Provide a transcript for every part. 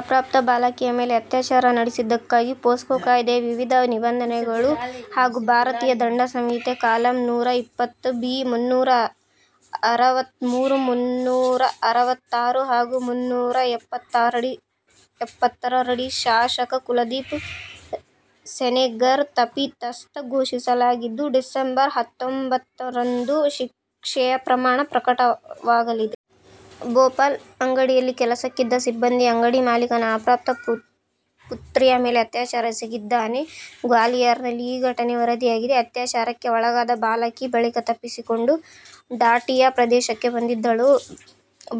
ಅಪ್ರಾಪ್ತ ಬಾಲಕಿಯ ಮೇಲೆ ಅತ್ಯಾಚಾರ ನಡೆಸಿದ್ದಕ್ಕಾಗಿ ಪೋಸ್ಕೋ ಕಾಯ್ದೆಯ ವಿವಿಧ ನಿಬಂಧನೆಗಳು ಹಾಗೂ ಭಾರತೀಯ ದಂಡ ಸಂಹಿತೆ ಕಾಲಂ ನೂರ ಇಪ್ಪತ್ತು ಬಿ. ಮುನ್ನೂರ ಅರವತ್ಮೂರು, ಮುನ್ನೂರ ಅರವತ್ತಾರು ಹಾಗೂ ಮುನ್ನೂರ ಎಪ್ಪತ್ತಾರರಡಿ ಶಾಸಕ ಕುಲದೀಪ್ ಸೆನೆಗರ್ ತಪ್ಪಿತಸ್ಥ ಘೋಷಿಸಲಾಗಿದ್ದು, ಡಿಸಂಬರ್ ಹತ್ತೊಂಬತ್ತರಂದು ಶಿಕ್ಷೆಯ ಪ್ರಮಾಣ ಪ್ರಕಟವಾಗಲಿದೆ. ಭೋಪಾಲ್: ಅಂಗಡಿಯಲ್ಲಿ ಕೆಲಸಕ್ಕಿದ್ದ ಸಿಬ್ಬಂದಿ ಅಂಗಡಿ ಮಾಲೀಕನ ಅಪ್ರಾಪ್ತ ಪುತ್ರಿಯ ಮೇಲೆ ಅತ್ಯಾಚಾರ ಎಸಗಿದ್ದಾನೆ. ಗ್ವಾಲಿಯರ್ ನಲ್ಲಿ ಈ ಘಟನೆ ವರದಿಯಾಗಿದೆ. ಅತ್ಯಾಚಾರಕ್ಕೆ ಒಳಗಾದ ಬಾಲಕಿ ಬಳಿಕ ತಪ್ಪಿಸಿಕೊಂಡು ಡಾಟಿಯಾ ಪ್ರದೇಶಕ್ಕೆ ಬಂದಿದ್ದಳು.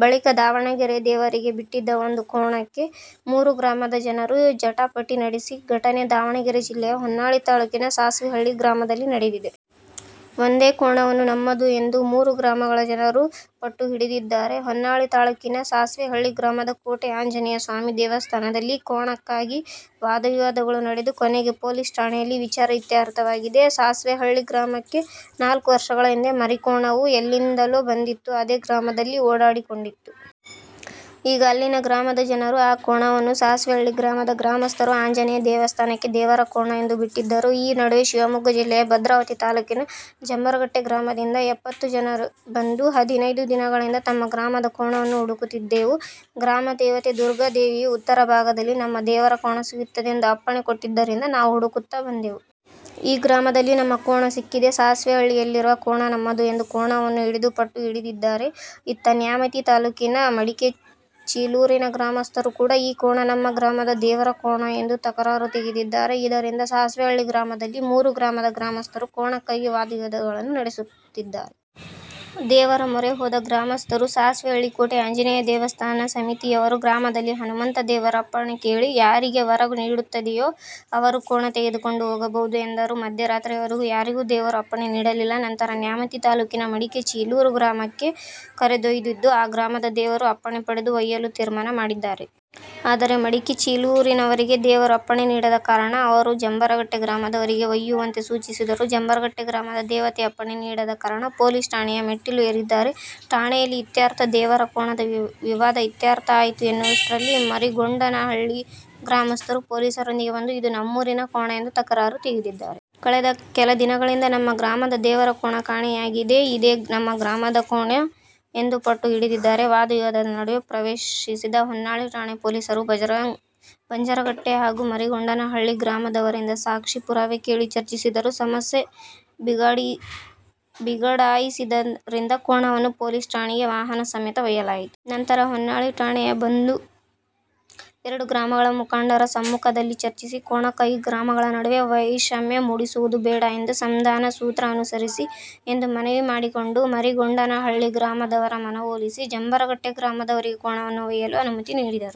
ಬಳಿಕದಾವಣಗೆರೆ: ದೇವರಿಗೆ ಬಿಟ್ಟಿದ್ದ ಒಂದು ಕೋಣಕ್ಕೆ ಮೂರು ಗ್ರಾಮದ ಜನರು ಜಟಾಪಟಿ ನಡೆಸಿದ ಘಟನೆ ದಾವಣಗೆರೆ ಜಿಲ್ಲೆಯ ಹೊನ್ನಾಳಿ ತಾಲೂಕಿನ ಸಾಸ್ವಿಹಳ್ಳಿ ಗ್ರಾಮದಲ್ಲಿ ನಡೆದಿದೆ. ಒಂದೇ ಕೋಣವನ್ನು ನಮ್ಮದು ಎಂದು ಮೂರು ಗ್ರಾಮಗಳ ಜನರು ಪಟ್ಟುಹಿಡಿದಿದ್ದಾರೆ. ಹೊನ್ನಾಳಿ ತಾಲ್ಲೂಕಿನ ಸಾಸ್ವೆಹಳ್ಳಿ ಗ್ರಾಮದ ಕೋಟೆ ಆಂಜನೇಯ ಸ್ವಾಮಿ ದೇವಸ್ಥಾನದಲ್ಲಿ ಕೋಣಕ್ಕಾಗಿ ವಾದವಿವಾದಗಳು ನಡೆದು ಕೊನೆಗೆ ಪೊಲೀಸ್ ಠಾಣೆಯಲ್ಲಿ ವಿಚಾರ ಇತ್ಯರ್ಥವಾಗಿದೆ. ಸಾಸ್ವೆಹಳ್ಳಿ ಗ್ರಾಮಕ್ಕೆ ನಾಲ್ಕು ವರ್ಷಗಳ ಹಿಂದೆ ಮರಿಕೋಣವು ಎಲ್ಲಿಂದಲೋ ಬಂದಿತ್ತು. ಅದೇ ಗ್ರಾಮದಲ್ಲಿ ಓಡಾಡಿಕೊಂಡಿತ್ತು. ಈಗ ಅಲ್ಲಿನ ಗ್ರಾಮದ ಜನರು ಆ ಕೋಣವನ್ನು ಸಾಸ್ವೇಹಳ್ಳಿ ಗ್ರಾಮದ ಗ್ರಾಮಸ್ಥರು ಆಂಜನೇಯ ದೇವಸ್ಥಾನಕ್ಕೆ ದೇವರ ಕೋಣ ಎಂದು ಬಿಟ್ಟದ್ದರು. ಈ ನಡುವೆ ಶಿವಮೊಗ್ಗ ಜಿಲ್ಲೆಯ ಭದ್ರಾವತಿ ತಾಲ್ಲೂಕಿನ ಜಂಬರಗಟ್ಟೆ ಗ್ರಾಮದಿಂದ ಎಪ್ಪತ್ತು ಜನ ಬಂದು, ಹದಿನೈದು ದಿನಗಳಿಂದ ತಮ್ಮ ಗ್ರಾಮದ ಕೋಣವನ್ನು ಹುಡುಕುತ್ತಿದ್ದೆವು. ಗ್ರಾಮ ದೇವತೆ ದುರ್ಗಾದೇವಿಯು ಉತ್ತರ ಭಾಗದಲ್ಲಿ ನಮ್ಮ ದೇವರ ಕೋಣ ಸಿಗುತ್ತದೆ ಎಂದು ಅಪ್ಪಣೆ ಕೊಟ್ಟಿದ್ದರಿಂದ ನಾವು ಹುಡುಕುತ್ತ ಬಂದೆವು. ಈ ಗ್ರಾಮದಲ್ಲಿ ನಮ್ಮ ಕೋಣ ಸಿಕ್ಕಿದೆ. ಸಾಸ್ವೆಹಳ್ಳಿಯಲ್ಲಿರುವ ಕೋಣ ನಮ್ಮದು ಎಂದು ಕೋಣವನ್ನು ಹಿಡಿದು ಪಟ್ಟು ಹಿಡಿದಿದ್ದಾರೆ. ಇತ್ತ ನ್ಯಾಮತಿ ತಾಲ್ಲೂಕಿನ ಮಡಿಕೆ ಚೀಲೂರಿನ ಗ್ರಾಮಸ್ಥರು ಕೂಡ ಈ ಕೋಣ ನಮ್ಮ ಗ್ರಾಮದ ದೇವರ ಕೋಣ ಎಂದು ತಕರಾರು ತೆಗೆದಿದ್ದಾರೆ. ಇದರಿಂದ ಸಾಸ್ವೆಹಳ್ಳಿ ಗ್ರಾಮದಲ್ಲಿ ಮೂರು ಗ್ರಾಮದ ಗ್ರಾಮಸ್ಥರು ಕೋಣಕ್ಕಾಗಿ ವಾದ ವಿವಾದಗಳನ್ನು ನಡೆಸುತ್ತಿದ್ದರು. ದೇವರ ಮೊರೆ ಹೋದ ಗ್ರಾಮಸ್ಥರು: ಸಾಸ್ವೆಹಳ್ಳಿ ಕೋಟೆ ಆಂಜನೇಯ ದೇವಸ್ಥಾನ ಸಮಿತಿಯವರು ಗ್ರಾಮದಲ್ಲಿ ಹನುಮಂತ ದೇವರ ಅಪ್ಪಣೆ ಕೇಳಿ ಯಾರಿಗೆ ವರ ನೀಡುತ್ತದೆಯೋ ಅವರು ಕೋಣ ತೆಗೆದುಕೊಂಡು ಹೋಗಬಹುದು ಎಂದರು. ಮಧ್ಯರಾತ್ರಿಯವರೆಗೂ ಯಾರಿಗೂ ದೇವರು ಅಪ್ಪಣೆ ನೀಡಲಿಲ್ಲ. ನಂತರ ನ್ಯಾಮತಿ ತಾಲೂಕಿನ ಮಡಿಕೆ ಚೀಲೂರು ಗ್ರಾಮಕ್ಕೆ ಕರೆದೊಯ್ದಿದ್ದು, ಆ ಗ್ರಾಮದ ದೇವರ ಅಪ್ಪಣೆ ಪಡೆದು ಒಯ್ಯಲು ತೀರ್ಮಾನ ಮಾಡಿದ್ದಾರೆ. ಆದರೆ ಮಡಿಕೆ ಚೀಲೂರಿನವರಿಗೆ ದೇವರು ಅಪ್ಪಣೆ ನೀಡದ ಕಾರಣ ಅವರು ಜಂಬರಗಟ್ಟೆ ಗ್ರಾಮದವರಿಗೆ ಒಯ್ಯುವಂತೆ ಸೂಚಿಸಿದರು. ಜಂಬರಗಟ್ಟೆ ಗ್ರಾಮದ ದೇವತೆ ಅಪ್ಪಣೆ ನೀಡಿದ ಕಾರಣ ಪೊಲೀಸ್ ಠಾಣೆಯ ಮೆಟ್ಟಿಲು ಏರಿದ್ದಾರೆ. ಠಾಣೆಯಲ್ಲಿ ಇತ್ಯರ್ಥ: ದೇವರ ಕೋಣದ ವಿವಾದ ಇತ್ಯರ್ಥ ಆಯ್ತು ಎನ್ನುವಷ್ಟರಲ್ಲಿ ಮರಿಗೊಂಡನಹಳ್ಳಿಯ ಗ್ರಾಮಸ್ಥರು ಪೊಲೀಸರೊಂದಿಗೆ ಬಂದು, ಇದು ನಮ್ಮೂರಿನ ಕೋಣ ಎಂದು ತಕರಾರು ತೆಗೆದಿದ್ದಾರೆ. ಕಳೆದ ಕೆಲ ದಿನಗಳಿಂದ ನಮ್ಮ ಗ್ರಾಮದ ದೇವರ ಕೋಣ ಕಾಣೆಯಾಗಿದೆ. ಇದೇ ನಮ್ಮ ಗ್ರಾಮದ ಕೋಣ ಎಂದು ಪಟ್ಟು ಹಿಡಿದಿದ್ದಾರೆ. ವಾದ ವಿವಾದದ ನಡುವೆ ಪ್ರವೇಶಿದ ಹೊನ್ನಾಳಿ ಠಾಣೆ ಪೊಲೀಸರು ಬಂಜರಗಟ್ಟೆ ಹಾಗೂ ಮರಿಗೊಂಡನಹಳ್ಳಿ ಗ್ರಾಮದವರಿಂದ ಸಾಕ್ಷಿ, ಪುರಾವೆ ಕೇಳಿ ಚರ್ಚಿಸಿದರು. ಸಮಸ್ಯೆ ಬಿಗಡಾಯಿಸಿದ್ದರಿಂದ ಕೋಣವನ್ನು ಪೊಲೀಸ್ ಠಾಣೆಗೆ ವಾಹನ ಸಮೇತ ಒಯ್ಯಲಾಯಿತು. ನಂತರ ಹೊನ್ನಾಳಿ ಠಾಣೆಯ ಬಂದು, ಎರಡೂ ಗ್ರಾಮಗಳ ಮುಖಂಡರ ಸಮ್ಮುಖದಲ್ಲಿ ಚರ್ಚಿಸಿ, ಕೋಣಕ್ಕಾಗಿ ಗ್ರಾಮಗಳ ನಡುವೆ ವೈಷಮ್ಯ ಮೂಡಿಸುವುದು ಬೇಡ ಎಂದು ಸಂಧಾನ ಸೂತ್ರ ಅನುಸರಿಸಿ ಎಂದು ಮನವಿ ಮಾಡಿಕೊಂಡು, ಮರಿಗೊಂಡನಹಳ್ಳಿ ಗ್ರಾಮದವರ ಮನವೊಲಿಸಿ ಜಂಬರಗಟ್ಟೆ ಗ್ರಾಮದವರಿಗೆ ಕೋಣವನ್ನು ಒಯ್ಯಲು ಅನುಮತಿ ನೀಡಿದರು.